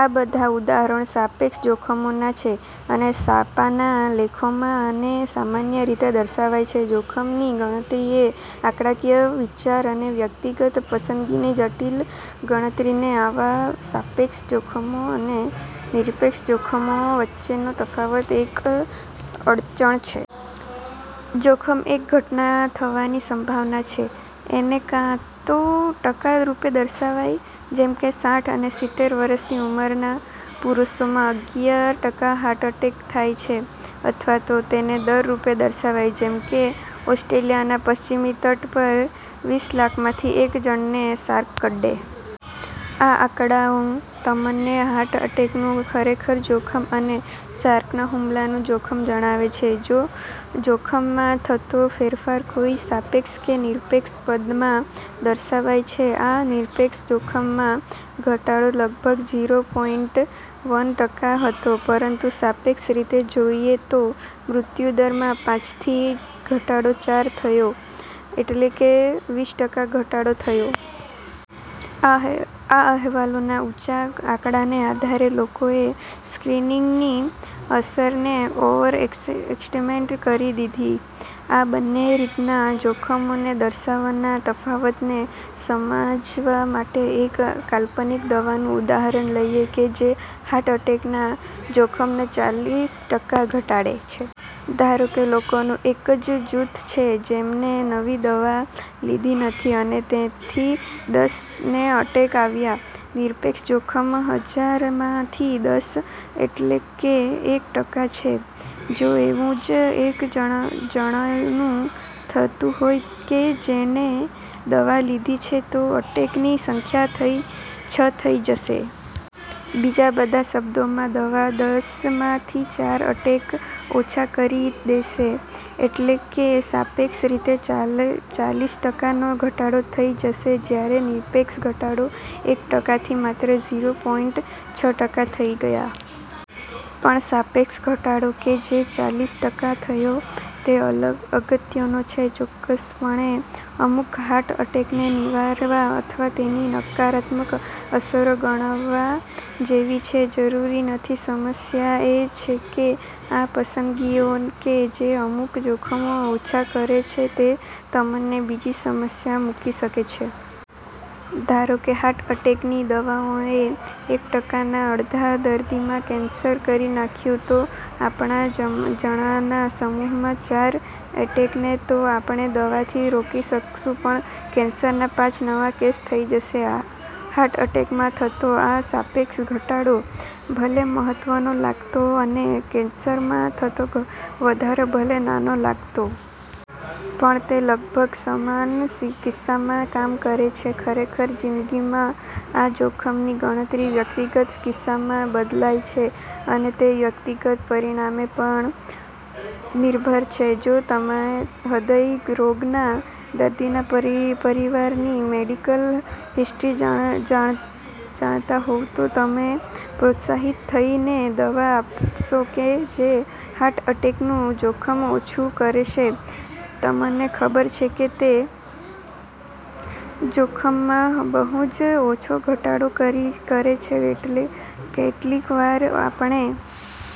આ બધાં ઉદાહરણો સાપેક્ષ જોખમોનાં છે, અને છાપાનાં લેખોમાં આને સામાન્ય રીતે દર્શાવાય છે. જોખમની ગણતરી એ આંકડાકીય વિચાર અને વ્યક્તિગત પસંદગીની જટિલ ગણતરી છે. આવાં સાપેક્ષ જોખમો અને નિરપેક્ષ જોખમો વચ્ચેનો તફાવત એક અડચણ છે. જોખમ એક ઘટના થવાની સંભાવના છે. એને કાં તો ટકા રૂપે દર્શાવાય-- જેમકે સાઠ અને સિત્તેર વર્ષની ઉંમરના પુરુષોમાં અગિયાર ટકા હાર્ટ અટેક થાય છે. અથવા તો એને દર રૂપે દર્શાવાય- જેમકે ઑસ્ટ્રેલિયાના પશ્ચિમી તટ પર વીસ લાખમાંથી એક જણાને શાર્ક કરડશે. આ આંકડાઓ તમને હાર્ટ અટેકનું ખરેખર જોખમ અને શાર્કના હુમલાનું જોખમ જણાવશે. જોખમમાં થતો ફેરફાર કોઈ સાપેક્ષ કે નિરપેક્ષ પદમાં દર્શાવાય છે. આ નિરપેક્ષ જોખમમાં ઘટાડો લગભગ ઝીરો પોઈન્ટ વન ટકા હતો. પરંતુ સાપેક્ષ રીતે જોઈએ તો મૃત્યુદર માં પાંચ થી ઘટાડો ચાર થયો એટલે કે વીસ ટકા ઘટાડો થયો. આ અહેવાલોના ઉંચા આંકડાને આધારે લોકોએ સ્ક્રીનિંગની અસરને ઓવરએસ્ટિમેટ કરી દીધી. આ બંને રીતના જોખમોને દર્શાવવાના તફાવતને સમજવા માટે એક કાલ્પનિક દવાનું ઉદાહરણ લઈએ કે જે હાર્ટ એટેકના જોખમને ચાલીસ ટકા ઘટાડે છે. ધારો કે લોકોનું એક જૂથ છે, જેમને નવી દવા લીધી નથી અને તેથી દસ ને અટેક આવ્યા. નિરપેક્ષ જોખમ હજાર માં થી દસ એટલે કે એક ટકા છે. જો એવું જ એક જણાનું જૂથ હોય કે જેણે દવા લીધી છે તો અટેકની સંખ્યા છ થઇ જશે. બીજા શબ્દોમાં, દવા દસ માં થી ચાર અટેક ઓછા કરી દેશે; એટલે કે સાપેક્ષ રીતે ચાલીસ ટકા નો ઘટાડો થઇ જશે. જ્યારે, નિરપેક્ષ ઘટાડો એક ટકા થી માત્ર ઝીરો પોઈન્ટ છ ટકા થઇ ગયો. પણ સાપેક્ષ ઘટાડો કે જે ચાલીસ ટકા થયો તે અગત્યનો છે. ચોક્કસપણે અમુક હાર્ટ એટેકને નિવારવા અથવા તેની નકારાત્મક અસરો ગણકારવા જેવી છે? જરૂરી નથી. સમસ્યા એ છે કે આ પસંદગીઓ કે જે અમુક જોખમો ઓછા કરે છે તે તમને બીજી સમસ્યામાં મૂકી શકે છે. ધારોકે હાર્ટ અટેકની દવાઓએ એક ટકા ના અડધાં દર્દીમાં કેન્સર કરી નાખ્યું. તો આપણા જણાનાં સમૂહમાં ચાર એટેકને તો આપણે દવાથી રોકી દઈશું પણ કેન્સરના પાંચ નવા કેસ થઇ જશે. હાર્ટ એટેકમાં થતો આ સાપેક્ષ ઘટાડો ભલે મહત્વનો લાગતો અને કેન્સરમાં થતો વધારો ભલે નાનો લાગતો. પણ તે લગભગ સમાન કિસ્સામાં કામ કરે છે. ખરેખર જિંદગીમાં આ જોખમની ગણતરી વ્યક્તિગત કિસ્સામાં બદલાય છે અને તે વ્યકિગત પરિબળો પર પણ નિર્ભર છે. જો તમે હ્ર્દય રોગના દર્દીના પરિવારની મેડિકલ હિસ્ટ્રી જાણતા હોવ તો તમે પ્રોત્સાહિત થઈને દવા આપશો કે જે હાર્ટ એટેકનું જોખમ ઓછું કરશે, તમને ખબર છે કે તે જોખમમાં બહુ જ ઓછો ઘટાડો કરે છે. કેટલીક વાર, આપણે